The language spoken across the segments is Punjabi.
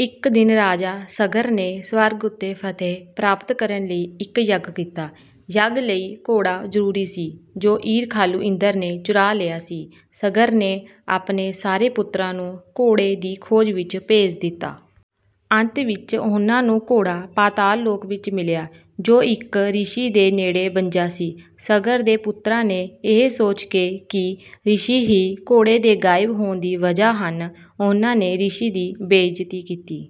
ਇੱਕ ਦਿਨ ਰਾਜਾ ਸਗਰ ਨੇ ਸਵਰਗ ਉੱਤੇ ਫਤਹਿ ਪ੍ਰਾਪਤ ਕਰਨ ਲਈ ਇੱਕ ਯੱਗ ਕੀਤਾ। ਯੱਗ ਲਈ ਘੋੜਾ ਜ਼ਰੂਰੀ ਸੀ, ਜੋ ਈਰਖਾਲੂ ਇੰਦਰ ਨੇ ਚੁਰਾ ਲਿਆ ਸੀ। ਸਗਰ ਨੇ ਆਪਣੇ ਸਾਰੇ ਪੁੱਤਰਾਂ ਨੂੰ ਘੋੜੇ ਦੀ ਖੋਜ ਵਿੱਚ ਭੇਜ ਦਿੱਤਾ। ਅੰਤ ਵਿੱਚ ਉਨ੍ਹਾਂ ਨੂੰ ਘੋੜਾ ਪਾਤਾਲ ਲੋਕ ਵਿੱਚ ਮਿਲਿਆ, ਜੋ ਇੱਕ ਰਿਸ਼ੀ ਦੇ ਨੇੜੇ ਬੱਝਾ ਸੀ। ਸਗਰ ਦੇ ਪੁੱਤਰਾਂ ਨੇ ਇਹ ਸੋਚ ਕੇ ਕਿ ਰਿਸ਼ੀ ਹੀ ਘੋੜੇ ਦੇ ਗਾਇਬ ਹੋਣ ਦੀ ਵਜ੍ਹਾ ਹਨ, ਉਨ੍ਹਾਂ ਨੇ ਰਿਸ਼ੀ ਦੀ ਬੇਇੱਜ਼ਤੀ ਕੀਤੀ।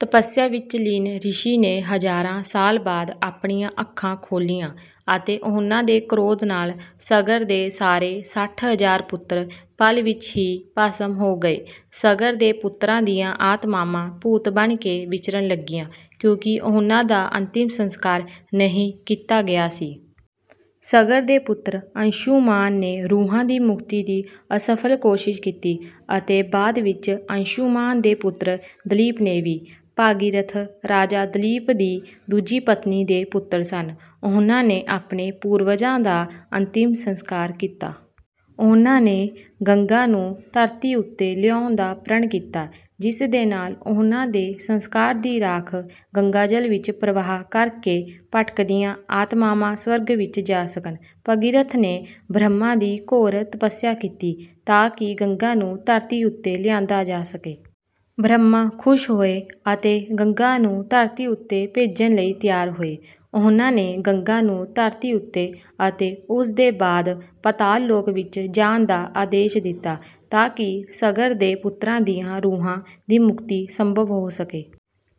ਤਪੱਸਿਆ ਵਿੱਚ ਲੀਨ ਰਿਸ਼ੀ ਨੇ ਹਜ਼ਾਰਾਂ ਸਾਲ ਬਾਅਦ ਆਪਣੀਆਂ ਅੱਖਾਂ ਖੋਲ੍ਹੀਆਂ ਅਤੇ ਉਨ੍ਹਾਂ ਦੇ ਕ੍ਰੋਧ ਨਾਲ ਸਗਰ ਦੇ ਸਾਰੇ ਸੱਠ ਹਜ਼ਾਰ ਪੁੱਤਰ ਪਲ ਵਿੱਚ ਹੀ ਭਸਮ ਹੋ ਗਏ। ਸਗਰ ਦੇ ਪੁੱਤਰਾਂ ਦੀਆਂ ਆਤਮਾਵਾਂ ਭੂਤ ਬਣ ਕੇ ਵਿਚਰਨ ਲੱਗੀਆਂ, ਕਿਉਂਕਿ ਉਨ੍ਹਾਂ ਦਾ ਅੰਤਿਮ ਸੰਸਕਾਰ ਨਹੀਂ ਕੀਤਾ ਗਿਆ ਸੀ। ਸਗਰ ਦੇ ਪੁੱਤਰ ਅੰਸ਼ੁਮਾਨ ਨੇ ਰੂਹਾਂ ਦੀ ਮੁਕਤੀ ਦੀ ਅਸਫਲ ਕੋਸ਼ਿਸ਼ ਕੀਤੀ ਅਤੇ ਬਾਅਦ ਵਿੱਚ ਅੰਸ਼ੁਮਾਨ ਦੇ ਪੁੱਤਰ ਦਲੀਪ ਨੇ ਵੀ। ਭਗੀਰਥ ਰਾਜਾ ਦਲੀਪ ਦੀ ਦੂਜੀ ਪਤਨੀ ਦੇ ਪੁੱਤਰ ਸਨ। ਉਨ੍ਹਾਂ ਨੇ ਆਪਣੇ ਪੂਰਵਜਾਂ ਦਾ ਅੰਤਿਮ ਸੰਸਕਾਰ ਕੀਤਾ। ਉਨ੍ਹਾਂ ਨੇ ਗੰਗਾ ਨੂੰ ਧਰਤੀ ਉੱਤੇ ਲਿਆਉਣ ਦਾ ਪ੍ਰਣ ਕੀਤਾ, ਜਿਸ ਦੇ ਨਾਲ ਉਨ੍ਹਾਂ ਦੇ ਸੰਸਕਾਰ ਦੀ ਰਾਖ ਗੰਗਾਜਲ ਵਿੱਚ ਪ੍ਰਵਾਹ ਕਰਕੇ ਭਟਕਦੀਆਂ ਆਤਮਾਵਾਂ ਸਵਰਗ ਵਿੱਚ ਜਾ ਸਕਣ। ਭਗੀਰਥ ਨੇ ਬ੍ਰਹਮਾ ਦੀ ਘੋਰ ਤਪੱਸਿਆ ਕੀਤੀ, ਤਾਂਕਿ ਗੰਗਾ ਨੂੰ ਧਰਤੀ ਉੱਤੇ ਲਿਆਂਦਾ ਜਾ ਸਕੇ। ਬ੍ਰਹਮਾ ਖੁਸ਼ ਹੋਏ ਅਤੇ ਗੰਗਾ ਨੂੰ ਧਰਤੀ ਉੱਤੇ ਭੇਜਣ ਲਈ ਤਿਆਰ ਹੋਏ। ਉਨ੍ਹਾਂ ਨੇ ਗੰਗਾ ਨੂੰ ਧਰਤੀ ਉੱਤੇ ਅਤੇ ਉਸ ਦੇ ਬਾਅਦ ਪਾਤਾਲ ਲੋਕ ਵਿੱਚ ਜਾਣ ਦਾ ਆਦੇਸ਼ ਦਿੱਤਾ, ਤਾਂਕਿ ਸਗਰ ਦੇ ਪੁੱਤਰਾਂ ਦੀਆਂ ਰੂਹਾਂ ਦੀ ਮੁਕਤੀ ਸੰਭਵ ਹੋ ਸਕੇ।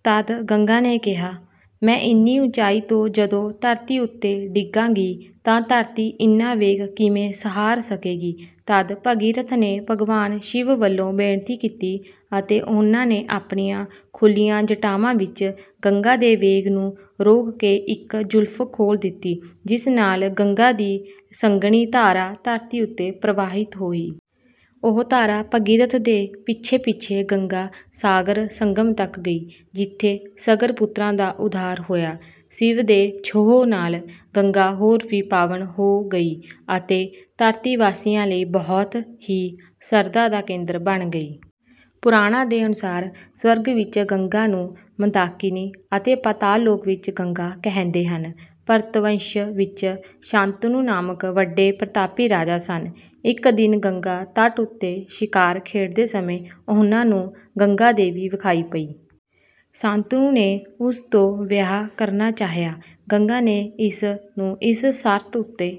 ਤਦ ਗੰਗਾ ਨੇ ਕਿਹਾ, “ਮੈਂ ਇੰਨੀ ਉੱਚਾਈ ਤੋਂ ਜਦੋਂ ਧਰਤੀ ਉੱਤੇ ਡਿੱਗਾਂਗੀ, ਤਾਂ ਧਰਤੀ ਇੰਨਾ ਵੇਗ ਕਿਵੇਂ ਸਹਾਰ ਸਕੇਗੀ?” ਤਦ ਭਗੀਰਥ ਨੇ ਭਗਵਾਨ ਸ਼ਿਵ ਵੱਲੋਂ ਬੇਨਤੀ ਕੀਤੀ ਅਤੇ ਉਨ੍ਹਾਂ ਨੇ ਆਪਣੀਆਂ ਖੁੱਲ੍ਹੀਆਂ ਜਟਾਵਾਂ ਵਿੱਚ ਗੰਗਾ ਦੇ ਵੇਗ ਨੂੰ ਰੋਕ ਕੇ ਇੱਕ ਜੁਲਫ਼ ਖੋਲ੍ਹ ਦਿੱਤੀ, ਜਿਸ ਨਾਲ ਗੰਗਾ ਦੀ ਸੰਘਣੀ ਧਾਰਾ ਧਰਤੀ ਉੱਤੇ ਪ੍ਰਵਾਹਿਤ ਹੋਈ। ਉਹ ਧਾਰਾ ਭਗੀਰਥ ਦੇ ਪਿੱਛੇ-ਪਿੱਛੇ ਗੰਗਾ ਸਾਗਰ ਸੰਗਮ ਤੱਕ ਗਈ, ਜਿੱਥੇ ਸਗਰ-ਪੁੱਤਰਾਂ ਦਾ ਉੱਧਾਰ ਹੋਇਆ। ਸ਼ਿਵ ਦੇ ਛੋਹ ਨਾਲ ਗੰਗਾ ਹੋਰ ਵੀ ਪਾਵਨ ਹੋ ਗਈ ਅਤੇ ਧਰਤੀ ਵਾਸੀਆਂ ਲਈ ਬਹੁਤ ਹੀ ਸ਼ਰਧਾ ਦਾ ਕੇਂਦਰ ਬਣ ਗਈ। ਪੁਰਾਣਾਂ ਦੇ ਅਨੁਸਾਰ, ਸਵਰਗ ਵਿੱਚ ਗੰਗਾ ਨੂੰ ਮੰਦਾਕਿਨੀ ਅਤੇ ਪਾਤਾਲ ਲੋਕ ਵਿੱਚ ਗੰਗਾ ਕਹਿੰਦੇ ਹਨ। ਭਰਤਵੰਸ਼ ਵਿੱਚ ਸ਼ਾਂਤਨੁ ਨਾਮਕ ਵੱਡੇ ਪ੍ਰਤਾਪੀ ਰਾਜਾ ਸਨ। ਇੱਕ ਦਿਨ ਗੰਗਾ ਤਟ ਉੱਤੇ ਸ਼ਿਕਾਰ ਖੇਡਦੇ ਸਮੇਂ ਉਨ੍ਹਾਂ ਨੂੰ ਗੰਗਾ ਦੇਵੀ ਵਿਖਾਈ ਪਈ। ਸ਼ਾਂਤਨੁ ਨੇ ਉਸ ਤੋਂ ਵਿਆਹ ਕਰਨਾ ਚਾਹਿਆ। ਗੰਗਾ ਨੇ ਇਸ ਨੂੰ ਇਸ ਸ਼ਰਤ ਉੱਤੇ...